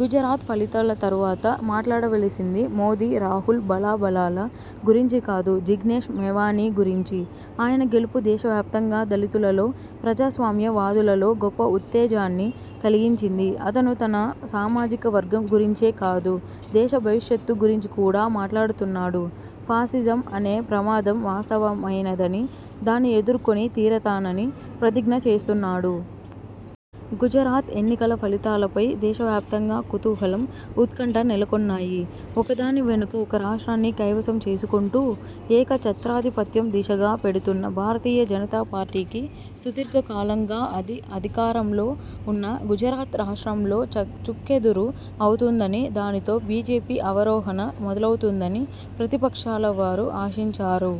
గుజరాత్ ఫలితాల తరువాత మాట్లాడవలసింది మోదీ–రాహుల్ బలాబలాల గురించి కాదు, జిగ్నేష్ మెవానీ గురించి. ఆయన గెలుపు దేశవ్యాప్తంగా దళితులలో, ప్రజాస్వామ్య వాదులలో గొప్ప ఉత్తేజాన్ని కలిగించింది. అతను తన సామాజిక వర్గం గురించే కాదు, దేశ భవిష్యత్తు గురించి కూడా మాట్లాడుతున్నాడు. ఫాసిజం అనే ప్రమాదం వాస్తవమైనదని, దాన్ని ఎదుర్కొని తీరతానని ప్రతిజ్ఞ చేస్తున్నాడు. గుజరాత్ ఎన్నికల ఫలితాలపై దేశవ్యాప్తంగా కుతూహలం, ఉత్కంఠ నెలకొన్నాయి. ఒకదాని వెనుక ఒక రాష్ట్రాన్ని కైవసం చేసుకుంటూ ఏక ఛత్రాధిపత్యం దిశగా వెడుతున్న భారతీయ జనతాపార్టీకి, సుదీర్ఘకాలంగా అది అధికారంలో ఉన్న గుజరాత్ రాష్ట్రంలో చుక్కెదురు అవుతుందని, దానితో బిజెపి అవరోహణ మొదలవుతుందని ప్రతిపక్షాల వారు ఆశించారు.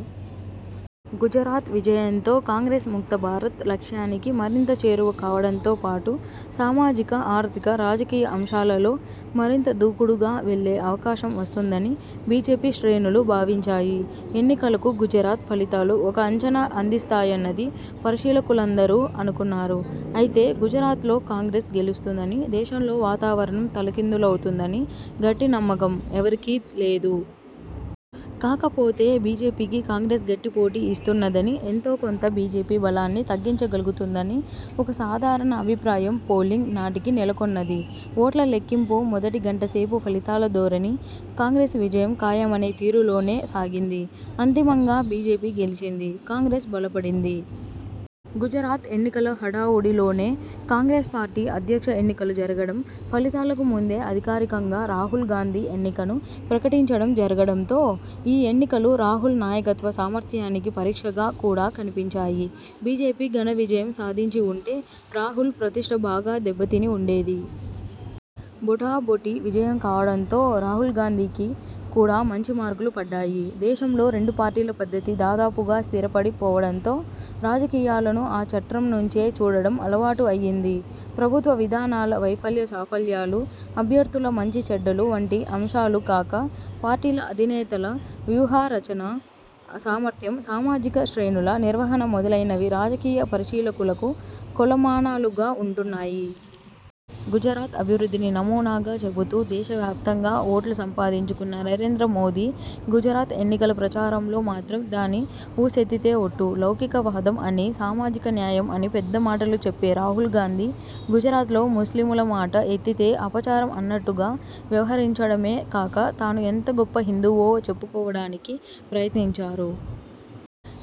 గుజరాత్ విజయంతో కాంగ్రెస్ ముక్త భారత్ లక్ష్యానికి మరింత చేరువ కావడంతో పాటు, సామాజిక, ఆర్థిక, రాజకీయ అంశాలలో మరింత దూకుడుగా వెళ్లే అవకాశం వస్తుందని బిజెపి శ్రేణులు భావించాయి. ఎన్నికలకు గుజరాత్ ఫలితాలు ఒక అంచనా అందిస్తాయన్నది పరిశీలకులందరూ అనుకున్నారు. అయితే, గుజరాత్లో కాంగ్రెస్ గెలుస్తుందని, దేశంలో వాతావరణం తలకిందులవుతుందని గట్టి నమ్మకం ఎవరికీ లేదు. కాకపోతే, బిజెపికి కాంగ్రెస్ గట్టి పోటీ ఇస్తున్నదని, ఎంతో కొంత బిజెపి బలాన్ని తగ్గించ గలుగుతుందని ఒక సాధారణ అభిప్రాయం పోలింగ్ నాటికి నెలకొన్నది. ఓట్ల లెక్కింపు మొదటి గంటసేపు ఫలితాల ధోరణి, కాంగ్రెస్ విజయం ఖాయమనే తీరులోనే సాగింది. అంతిమంగా బిజెపి గెలిచింది. కాంగ్రెస్ బలపడింది. గుజరాత్ ఎన్నికల హడావుడిలోనే కాంగ్రెస్ పార్టీ అధ్యక్ష ఎన్నికలు జరగడం, ఫలితాలకు ముందే అధికారికంగా రాహుల్ గాంధీ ఎన్నికను ప్రకటించడం జరగడంతో, ఈ ఎన్నికలు రాహుల్ నాయకత్వ సామర్థ్యానికి పరీక్షగా కూడా కనిపించాయి. బిజెపి ఘనవిజయం సాధించి ఉంటే, రాహుల్ ప్రతిష్ఠ బాగా దెబ్బతిని ఉండేది. బొటాబొటి విజయం కావడంతో రాహుల్గాంధీకి కూడా మంచి మార్కులు పడ్డాయి. దేశంలో రెండుపార్టీల పద్ధతి దాదాపుగా స్థిరపడి పోవడంతో, రాజకీయాలను ఆ చట్రం నుంచే చూడడం అలవాటు అయ్యింది. ప్రభుత్వ విధానాల వైఫల్య సాఫల్యాలు, అభ్యర్థుల మంచి చెడ్డలు వంటి అంశాలు కాక, పార్టీల అధినేతల వ్యూహరచనా సామర్థ్యం, సామాజిక శ్రేణుల నిర్వహణ మొదలైనవి రాజకీయ పరిశీలకులకు కొలమానాలుగా ఉంటున్నాయి. గుజరాత్ అభివృద్ధిని నమూనాగా చెబుతూ దేశ వ్యాప్తంగా ఓట్లు సంపాదించుకున్న నరేంద్ర మోదీ గుజరాత్ ఎన్నికల ప్రచారంలో మాత్రం దాని ఊసెత్తితే ఒట్టు. లౌకికవాదం అనీ, సామాజిక న్యాయం అని పెద్ద మాటలు చెప్పే రాహుల్ గాంధీ గుజరాత్లో ముస్లిముల మాట ఎత్తితే అపచారం అన్నట్టుగా వ్యవహరించడమే కాక, తాను ఎంత గొప్ప హిందువో చెప్పుకోవడానికి ప్రయత్నించారు.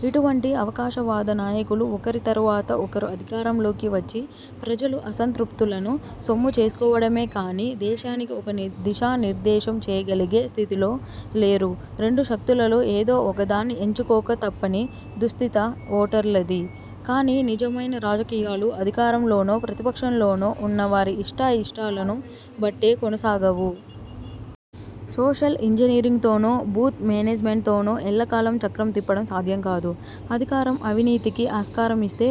ఇటువంటి అవకాశ వాద నాయకులు ఒకరి తరువాత ఒకరు అధికారం లోకి వచ్చి ప్రజల అసంతృప్తులను సొమ్ము చేసుకోవడమే కానీ, దేశానికి ఒక దిశానిర్దేశం చేయగలిగే స్థితిలో లేరు. రెండు శక్తులలో ఏదో ఒకదాన్ని ఎంచుకోక తప్పని దుస్థితి ఓటర్లది. కానీ, నిజమైన రాజకీయాలు, అధికారంలోనో ప్రతిపక్షంలోనో ఉన్న వారి ఇష్టాయిష్టాలను బట్టే కొనసాగవు. సోషల్ ఇంజనీరింగ్తోనో, బూత్ మేనేజ్మెంట్తోనో ఎల్ల కాలం చక్రం తిప్పడం సాధ్యం కాదు. అధికారం అవినీతికి ఆస్కారమిస్తే,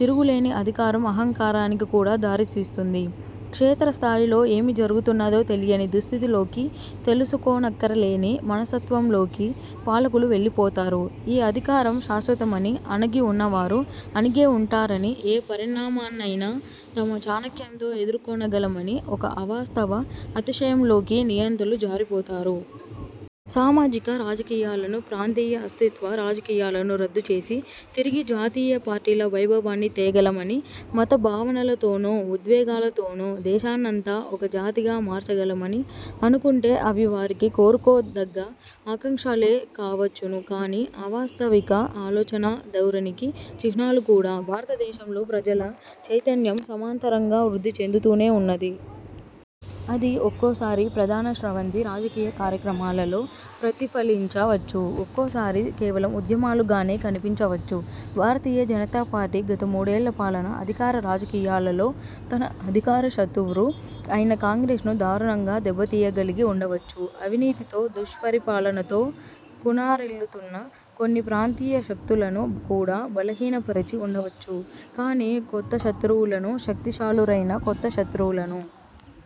తిరుగులేని అధికారం అహంకారానికి కూడా దారితీస్తుంది. క్షేత్రస్థాయిలో ఏమి జరుగుతున్నదో తెలియని దుస్థితిలోకి, తెలుసుకోనక్కర లేని మనస్తత్వంలోకి పాలకులు వెళ్లిపోతారు. ఈ అధికారం శాశ్వతమని, అణగి ఉన్నవారు అణిగే ఉంటారని, ఏ పరిణామాన్నైనా తమ చాణక్యంతో ఎదుర్కొనగలమని ఒక అవాస్తవ అతిశయంలోకి నియంతలు జారిపోతారు. సామాజిక రాజకీయాలను, ప్రాంతీయ అస్తిత్వ రాజకీయాలను రద్దుచేసి, తిరిగి జాతీయ పార్టీల వైభవాన్ని తేగలమని, మత భావనలతోనో ఉద్వేగాలతోనో దేశాన్నంతా ఒక జాతిగా మార్చగలమని అనుకుంటే, అవి వారికి కోరుకో దగ్గ ఆకాంక్షలే కావచ్చును కానీ, అవాస్తవిక ఆలోచనా ధోరణికి చిహ్నాలు కూడా. భారతదేశంలో ప్రజల చైతన్యం సమాంతరంగా వృద్ధి చెందుతూనే ఉన్నది. అది ఒక్కోసారి ప్రధాన స్రవంతి రాజకీయ కార్యక్రమాలలో ప్రతిఫలించ వచ్చు, ఒక్కోసారి కేవలం ఉద్యమాలుగానే కనిపించవచ్చు. భారతీయ జనతా పార్టీ గత మూడేళ్ల పాలన, అధికార రాజకీయాలలో తన అధికార శతువ్రు అయిన కాంగ్రెస్ను దారుణంగా దెబ్బ తీయగలిగి ఉండవచ్చు, అవినీతితో దుష్పరిపాలనతో కునారిల్లుతున్న కొన్ని ప్రాంతీయ శక్తులను కూడా బలహీనపరిచి ఉండవచ్చు. కానీ, కొత్త శత్రువులను, శక్తిశాలురైన కొత్త శత్రువులను